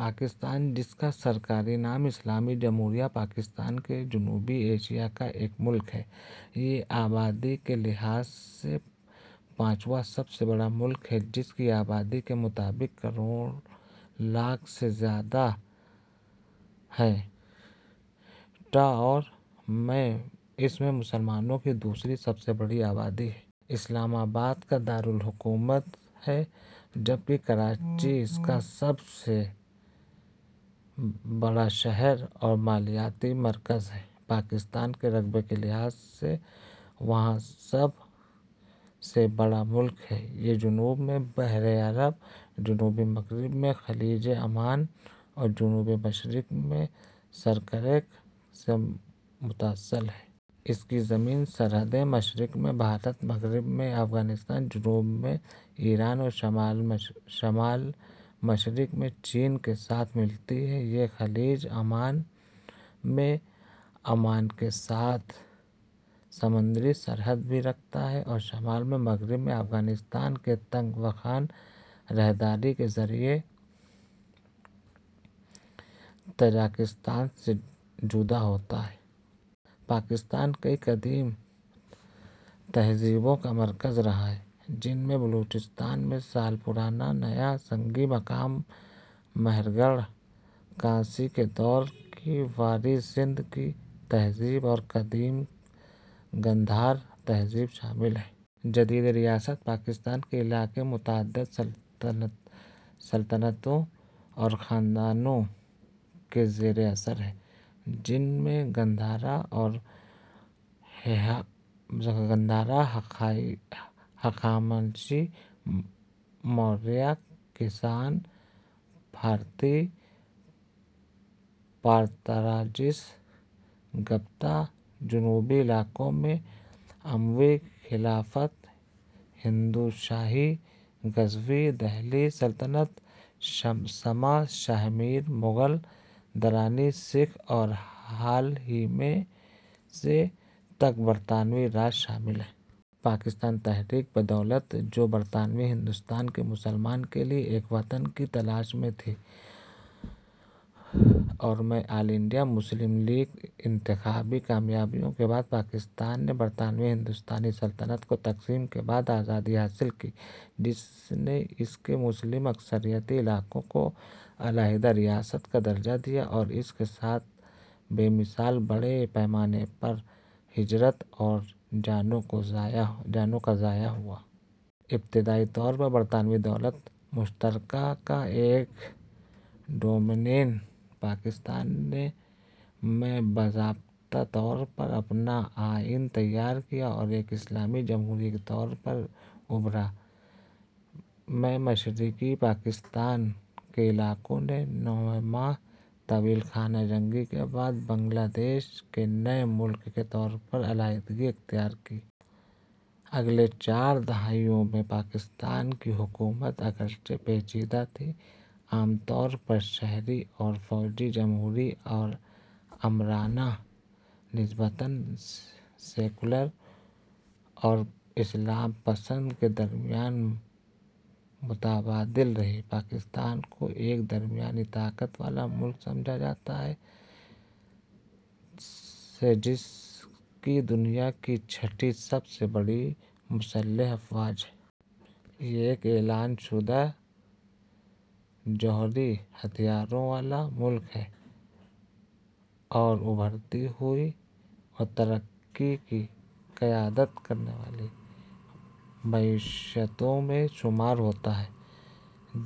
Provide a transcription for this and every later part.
پاکستان ، جس کا سرکاری نام اسلامی جمہوریہ پاکستان ہے، جنوبی ایشیا کا ایک ملک ہے۔ یہ آبادی کے لحاظ سے پانچواں سب سے بڑا ملک ہے، جس کی آبادی کے مطابق کروڑ لاکھ سے زیادہ ہے، ٹ اور اس میں مسلمانوں کی دوسری سب سے بڑی آبادی ہے۔ اسلام آباد اس کا دار الحکومت ہے، جبکہ کراچی اس کا سب سے بڑا شہر اور مالیاتی مرکز ہے۔ پاکستان رقبے کے لحاظ سے واں سب سے بڑا ملک ہے۔ یہ جنوب میں بحیرہ عرب ، جنوب مغرب میں خلیج عمان اور جنوب مشرق میں سر کریک سے متصل ہے۔ اس کی زمینی سرحدیں مشرق میں بھارت ، مغرب میں افغانستان ، جنوب مغرب میں ایران اور شمال مشرق میں چین کے ساتھ ملتی ہیں۔ یہ خلیج عمان میں عمان کے ساتھ سمندری سرحد بھی رکھتا ہے اور شمال مغرب میں افغانستان کے تنگ واخان راہداری کے ذریعے تاجکستان سے جدا ہوتا ہے۔ پاکستان کئیی قدیم تہذیبوں کا مرکز رہا ہے، جن میں بلوچستان میں سال پرانا نیا سنگی مقام مہرگڑھ ، کانسی کے دور کی وادی سندھ کی تہذیب ، اور قدیم گندھارا تہذیب شامل ہیں۔ جدید ریاست پاکستان کے علاقے متعدد سلطنتوں اور خاندانوں کے زیر اثر رہے ہیں، جن میں گندھارا ، ہخامنشی ، موریہ ، کشان ، پارتھی ، پارتراجس ، گپتا ؛ جنوبی علاقوں میں اموی خلافت ، ہندو شاہی ، غزنوی ، دہلی سلطنت ، سما ، شاہ میر ، مغل ، درانی ، سکھ اور حال ہی میں سے تک برطانوی راج شامل ہیں۔ پاکستان تحریک کی بدولت، جو برطانوی ہندوستان کے مسلمانوں کے لیے ایک وطن کی تلاش میں تھی اور میں آل انڈیا مسلم لیگ کی انتخابی کامیابیوں کے بعد، پاکستان نے میں برطانوی ہندوستانی سلطنت کی تقسیم کے بعد آزادی حاصل کی، جس نے اس کے مسلم اکثریتی علاقوں کو علاحدہ ریاست کا درجہ دیا اور اس کے ساتھ بے مثال بڑے پیمانے پر ہجرت اور جانوں کا ضیاع ہوا۔ ابتدائی طور پر برطانوی دولت مشترکہ کا ایک ڈومینین ، پاکستان نے میں باضابطہ طور پر اپنا آئین تیار کیا اور ایک اسلامی جمہوریہ کے طور پر ابھرا۔ میں، مشرقی پاکستان کے علاقے نے نو ماہ طویل خانہ جنگی کے بعد بنگلہ دیش کے نئے ملک کے طور پر علیحدگی اختیار کی۔ اگلے چار دہائیوں میں، پاکستان کی حکومتیں، اگرچہ پیچیدہ تھیں، عام طور پر شہری اور فوجی، جمہوری اور آمرانہ، نسبتاً سیکولر اور اسلام پسند کے درمیان متبادل رہیں۔ پاکستان کو ایک درمیانی طاقت والا ملک سمجھا جاتا ہے، ث جس کی دنیا کی چھٹی سب سے بڑی مسلح افواہج ہیں۔ یہ ایک اعلان شدہ جوہری ہتھیاروں والا ملک ہے اور ابھرتی ہوئی اور ترقی کی قیادت کرنے والی معیشتوں میں شمار ہوتا ہے،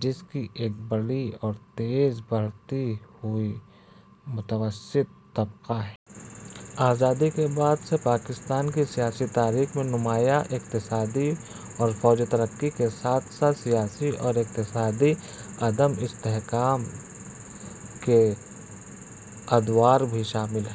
جس کی ایک بڑی اور تیزی سے بڑھتی ہوئی متوسط طبقہ ہے۔ آزادی کے بعد سے پاکستان کی سیاسی تاریخ میں نمایاں اقتصادی اور فوجی ترقی کے ساتھ ساتھ سیاسی اور اقتصادی عدم استحکام کے ادوار بھی شامل ہیں۔